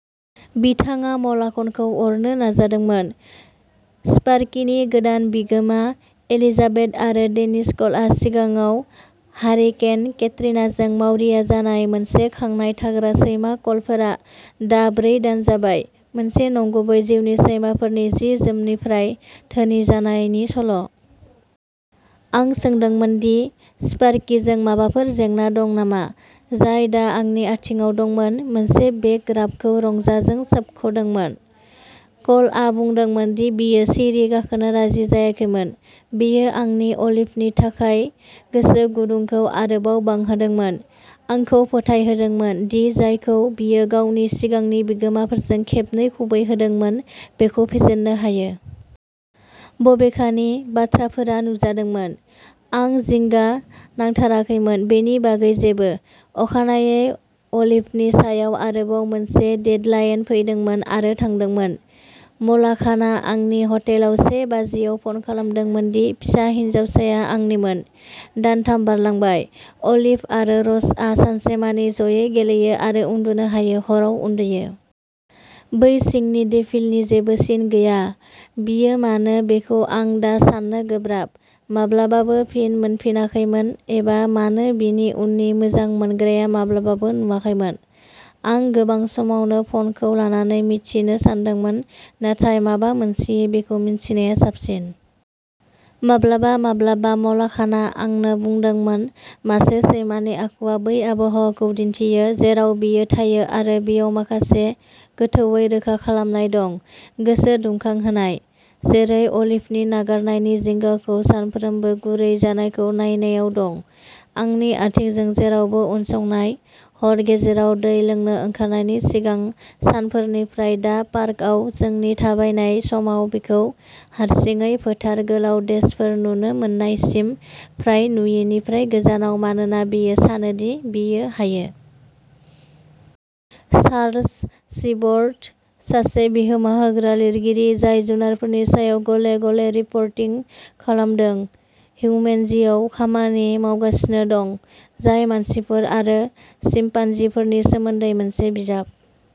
बिथाङा म'लाघनखौ अरनो नाजादोंमोन। स्पार्किनि गोदान बिगोमा, एलिजाबेथ आरो डेनिस क'लआ सिगाङाव हारिकेन केट्रिनाजों मावरिया जानाय मोनसे खांनाय थाग्रा सैमा क'लफोरा दा ब्रै दान जाबाय। मोनसे नंगुबै जिउनि सैमाफोरनि जि-जोमनिफ्राय धोनि जानायनि सल'। आं सोंदोंमोन दि स्पार्किजों माबाफोर जेंना दं नामा, जाय दा आंनि आथिंआव दंमोन, मोनसे बेक राबखौ रंजाजों सोबख'दोंमोन। क'लआ बुंदोंमोन दि बियो सिरि गाखोनो राजि जायाखैमोन। बेयो आंनि अलिभनि थाखाय गोसो गुदुंखौ आरोबाव बांहोदोंमोन, आंखौ फोथायहोदोंमोन दि जायखौ बियो गावनि सिगांनि बिगोमाफोरजों खेबनै खुबैहोदोंमोन, बेखौ फेजेननो हायो। बबेखानि, बाथ्राफोरा नुजादोंमोन, आं जिंगा नांथाराखैमोन बेनि बागै जेबो। अखानायै, अलिभनि सायाव आरोबाव मोनसे डेडलाइन फैदोंमोन आरो थांदोंमोन। म'लाघाना आंनि हटेलाव से बाजियाव फन खालामदोंमोन दि फिसा हिनजावसाया आंनिमोन। दानथाम बारलांबाय। अलिभ आरो र'जआ सानसेमानि जयै गेलेयो आरो उन्दुनो हायो, हराव उन्दुयो। बै सिंनि डेभिलनि जेबो सिन गैया। बियो मानो बेखौ आं दा सान्नो गोब्राब। माब्लाबाबो फिन मोनफिनाखैमोन एबा मानो बिनि उननि मोजां मोनग्राया माब्लाबाबो नुवाखैमोन। आं गोबां समावनो फ'नखौ लानानै मिथिनो सानदोंमोन, नाथाय माबा मोनसेयै बेखौ मिन्थिनाया साबसिन। माब्लाबा माब्लाबा म'लाघाना आंनो बुंदोंमोन मासे सैमानि आखुआ बै आबहावाखौ दिन्थियो जेराव बियो थायो आरो बेयाव माखासे गोथौवै रोखा खालामनाय दं, गोसो दुंखांहोनाय। जेरै अलिभनि नागारनायनि जिंगाखौ सानफ्रोमबो गुरै जानायखौ नायनायाव दं। आंनि आथिंजों जेरावबो उनसंनाय, हर गेजेराव दै लोंनो ओंखारनायनि सिगां सानफोरनिफ्राय दा पार्कआव जोंनि थाबायनाय समाव बिखौ हारसिङै फोथार गोलाव डेशफोर नुनो मोन्नायसिम फ्राय नुयिनिफ्राय गोजानाव, मानोना बियो सानो दि बियो हायो। चार्ल्स सिबर्ट, सासे बिहोमा होग्रा लिरगिरि जाय जुनारफोरनि सायाव गले-गले रिपर्टिं खालामदों, "हिउमेनजी" आव खामानि मावगासिनो दं, जाय मानसिफोर आरो चिम्पान्जीफोरनि सोमोन्दै मोनसे बिजाब।